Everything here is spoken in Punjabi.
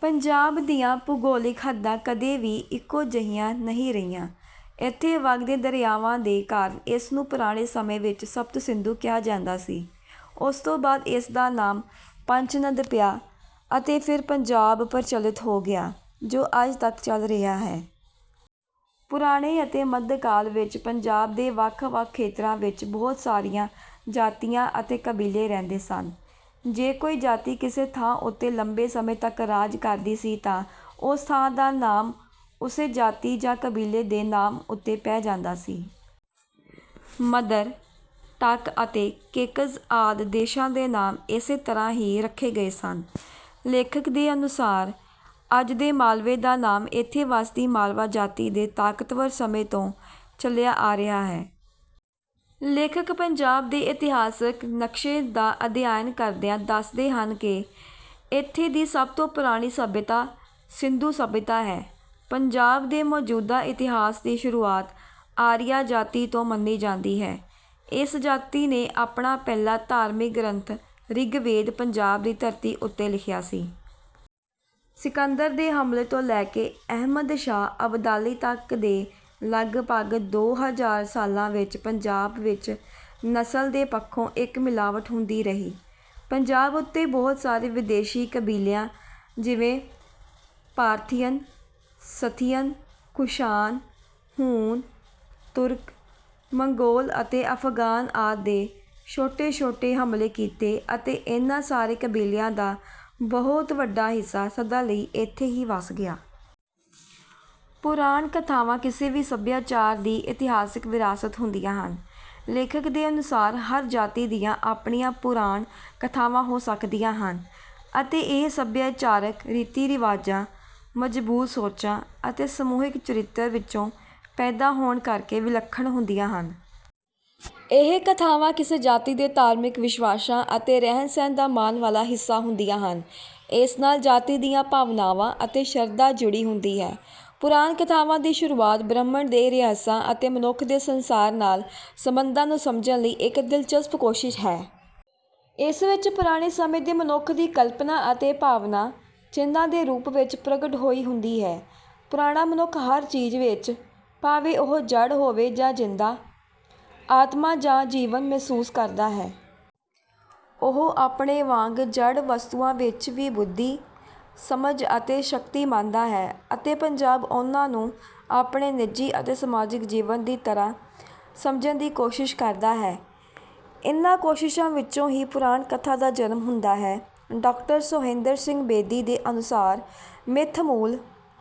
ਪੰਜਾਬ ਦੀਆਂ ਭੂਗੋਲਿਕ ਹੱਦਾਂ ਕਦੇ ਵੀ ਇੱਕੋ ਜਿਹੀਆਂ ਨਹੀਂ ਰਹੀਆਂ। ਇੱਥੇ ਵਗਦੇ ਦਰਿਆਵਾਂ ਦੇ ਕਾਰਨ ਇਸ ਨੂੰ ਪੁਰਾਣੇ ਸਮੇਂ ਵਿੱਚ ਸਪਤ ਸਿੰਧੂ ਕਿਹਾ ਜਾਂਦਾ ਸੀ, ਉਸ ਤੋਂ ਬਾਅਦ ਇਸ ਦਾ ਨਾਮ ਪੰਚਨਦ ਪਿਆ ਅਤੇ ਫਿਰ ਪੰਜਾਬ ਪ੍ਰਚਲਿਤ ਹੋ ਗਿਆ ਜੋ ਅੱਜ ਤੱਕ ਚੱਲ ਰਿਹਾ ਹੈ। ਪੁਰਾਣੇ ਅਤੇ ਮੱਧਕਾਲ ਵਿੱਚ ਪੰਜਾਬ ਦੇ ਵੱਖ-ਵੱਖ ਖੇਤਰਾਂ ਵਿੱਚ ਬਹੁਤ ਸਾਰੀਆਂ ਜਾਤੀਆਂ ਅਤੇ ਕਬੀਲੇ ਰਹਿੰਦੇ ਸਨ। ਜੇ ਕੋਈ ਜਾਤੀ ਕਿਸੇ ਥਾਂ ਉੱਤੇ ਲੰਬੇ ਸਮੇਂ ਤੱਕ ਰਾਜ ਕਰਦੀ ਸੀ ਤਾਂ ਉਸ ਥਾਂ ਦਾ ਨਾਮ ਉਸੇ ਜਾਤੀ ਜਾਂ ਕਬੀਲੇ ਦੇ ਨਾਮ ਉੱਤੇ ਪੈ ਜਾਂਦਾ ਸੀ। ਮਦਰ, ਟੱਕ ਅਤੇ ਕੇਕਯ ਆਦਿ ਦੇਸ਼ਾਂ ਦੇ ਨਾਮ ਇਸੇ ਤਰ੍ਹਾਂ ਹੀ ਰੱਖੇ ਗਏ ਸਨ। ਲੇਖਕ ਦੇ ਅਨੁਸਾਰ, ਅੱਜ ਦੇ ਮਾਲਵੇ ਦਾ ਨਾਮ ਇੱਥੇ ਵਸਦੀ ਮਾਲਵਾ ਜਾਤੀ ਦੇ ਤਾਕਤਵਰ ਸਮੇਂ ਤੋਂ ਚੱਲਿਆ ਆ ਰਿਹਾ ਹੈ। ਲੇਖਕ ਪੰਜਾਬ ਦੇ ਇਤਿਹਾਸਕ ਨਕਸ਼ੇ ਦਾ ਅਧਿਐਨ ਕਰਦਿਆਂ ਦੱਸਦੇ ਹਨ ਕਿ ਇੱਥੇ ਦੀ ਸਭ ਤੋਂ ਪੁਰਾਣੀ ਸੱਭਿਅਤਾ ਸਿੰਧੂ ਸੱਭਿਅਤਾ ਹੈ। ਪੰਜਾਬ ਦੇ ਮੌਜੂਦਾ ਇਤਿਹਾਸ ਦੀ ਸ਼ੁਰੂਆਤ ਆਰੀਆ ਜਾਤੀ ਤੋਂ ਮੰਨੀ ਜਾਂਦੀ ਹੈ। ਇਸ ਜਾਤੀ ਨੇ ਆਪਣਾ ਪਹਿਲਾ ਧਾਰਮਿਕ ਗ੍ਰੰਥ ਰਿਗਵੇਦ ਪੰਜਾਬ ਦੀ ਧਰਤੀ ਉੱਤੇ ਲਿਖਿਆ ਸੀ। ਸਿਕੰਦਰ ਦੇ ਹਮਲੇ ਤੋਂ ਲੈ ਕੇ ਅਹਿਮਦ ਸ਼ਾਹ ਅਬਦਾਲੀ ਤੱਕ ਦੇ ਲਗਭਗ ਦੋ ਹਜ਼ਾਰ ਸਾਲਾਂ ਵਿੱਚ ਪੰਜਾਬ ਵਿੱਚ ਨਸਲ ਦੇ ਪੱਖੋਂ ਇੱਕ ਮਿਲਾਵਟ ਹੁੰਦੀ ਰਹੀ। ਪੰਜਾਬ ਉੱਤੇ ਬਹੁਤ ਸਾਰੇ ਵਿਦੇਸ਼ੀ ਕਬੀਲਿਆਂ ਜਿਵੇਂ ਪਾਰਥੀਅਨ, ਸਿਥੀਅਨ, ਕੁਸ਼ਾਨ, ਹੂਣ, ਤੁਰਕ, ਮੰਗੋਲ ਅਤੇ ਅਫਗਾਨ ਆਦਿ ਨੇ ਛੋਟੇ-ਛੋਟੇ ਹਮਲੇ ਕੀਤੇ ਅਤੇ ਇਨ੍ਹਾਂ ਸਾਰੇ ਕਬੀਲਿਆਂ ਦਾ ਬਹੁਤ ਵੱਡਾ ਹਿੱਸਾ ਸਦਾ ਲਈ ਇੱਥੇ ਹੀ ਵਸ ਗਿਆ। ਪੁਰਾਣ ਕਥਾਵਾਂ ਕਿਸੇ ਵੀ ਸੱਭਿਆਚਾਰ ਦੀ ਇਤਿਹਾਸਕ ਵਿਰਾਸਤ ਹੁੰਦੀਆਂ ਹਨ। ਲੇਖਕ ਦੇ ਅਨੁਸਾਰ ਹਰ ਜਾਤੀ ਦੀਆਂ ਆਪਣੀਆਂ ਪੁਰਾਣ ਕਥਾਵਾਂ ਹੋ ਸਕਦੀਆਂ ਹਨ ਅਤੇ ਇਹ ਸੱਭਿਆਚਾਰਕ ਰੀਤੀ-ਰਿਵਾਜਾਂ, ਮਜ਼ਬੂਤ ਸੋਚਾਂ ਅਤੇ ਸਮੂਹਿਕ ਚਰਿੱਤਰ ਵਿੱਚੋਂ ਪੈਦਾ ਹੋਣ ਕਰਕੇ ਵਿਲੱਖਣ ਹੁੰਦੀਆਂ ਹਨ। ਇਹ ਕਥਾਵਾਂ ਕਿਸੇ ਜਾਤੀ ਦੇ ਧਾਰਮਿਕ ਵਿਸ਼ਵਾਸਾਂ ਅਤੇ ਰਹਿਣ-ਸਹਿਣ ਦਾ ਮਾਣ ਵਾਲਾ ਹਿੱਸਾ ਹੁੰਦੀਆਂ ਹਨ। ਇਸ ਨਾਲ ਜਾਤੀ ਦੀਆਂ ਭਾਵਨਾਵਾਂ ਅਤੇ ਸ਼ਰਧਾ ਜੁੜੀ ਹੁੰਦੀ ਹੈ। ਪੁਰਾਣ ਕਥਾਵਾਂ ਦੀ ਸ਼ੁਰੂਆਤ ਬ੍ਰਹਿਮੰਡ ਦੇ ਰਹੱਸਾਂ ਅਤੇ ਮਨੁੱਖ ਦੇ ਸੰਸਾਰ ਨਾਲ ਸਬੰਧਾਂ ਨੂੰ ਸਮਝਣ ਲਈ ਇੱਕ ਦਿਲਚਸਪ ਕੋਸ਼ਿਸ਼ ਹੈ। ਇਸ ਵਿੱਚ ਪੁਰਾਣੇ ਸਮੇਂ ਦੇ ਮਨੁੱਖ ਦੀ ਕਲਪਨਾ ਅਤੇ ਭਾਵਨਾ, ਚਿੰਨ੍ਹਾਂ ਦੇ ਰੂਪ ਵਿੱਚ ਪ੍ਰਗਟ ਹੋਈ ਹੁੰਦੀ ਹੈ। ਪੁਰਾਣਾ ਮਨੁੱਖ ਹਰ ਚੀਜ਼ ਵਿੱਚ, ਭਾਵੇਂ ਉਹ ਜੜ੍ਹ ਹੋਵੇ ਜਾਂ ਜਿੰਦਾ, ਆਤਮਾ ਜਾਂ ਜੀਵਨ ਮਹਿਸੂਸ ਕਰਦਾ ਹੈ। ਉਹ ਆਪਣੇ ਵਾਂਗ ਜੜ੍ਹ ਵਸਤੂਆਂ ਵਿੱਚ ਵੀ ਬੁੱਧੀ, ਸਮਝ ਅਤੇ ਸ਼ਕਤੀ ਮੰਨਦਾ ਹੈ ਅਤੇ ਪੰਜਾਬ ਉਨ੍ਹਾਂ ਨੂੰ ਆਪਣੇ ਨਿੱਜੀ ਅਤੇ ਸਮਾਜਿਕ ਜੀਵਨ ਦੀ ਤਰ੍ਹਾਂ ਸਮਝਣ ਦੀ ਕੋਸ਼ਿਸ਼ ਕਰਦਾ ਹੈ। ਇਨ੍ਹਾਂ ਕੋਸ਼ਿਸ਼ਾਂ ਵਿੱਚੋਂ ਹੀ ਪੁਰਾਣ ਕਥਾ ਦਾ ਜਨਮ ਹੁੰਦਾ ਹੈ। ਡਾਕਟਰ ਸੋਹਿੰਦਰ ਸਿੰਘ ਬੇਦੀ ਦੇ ਅਨੁਸਾਰ ਮਿੱਥ ਮੂਲ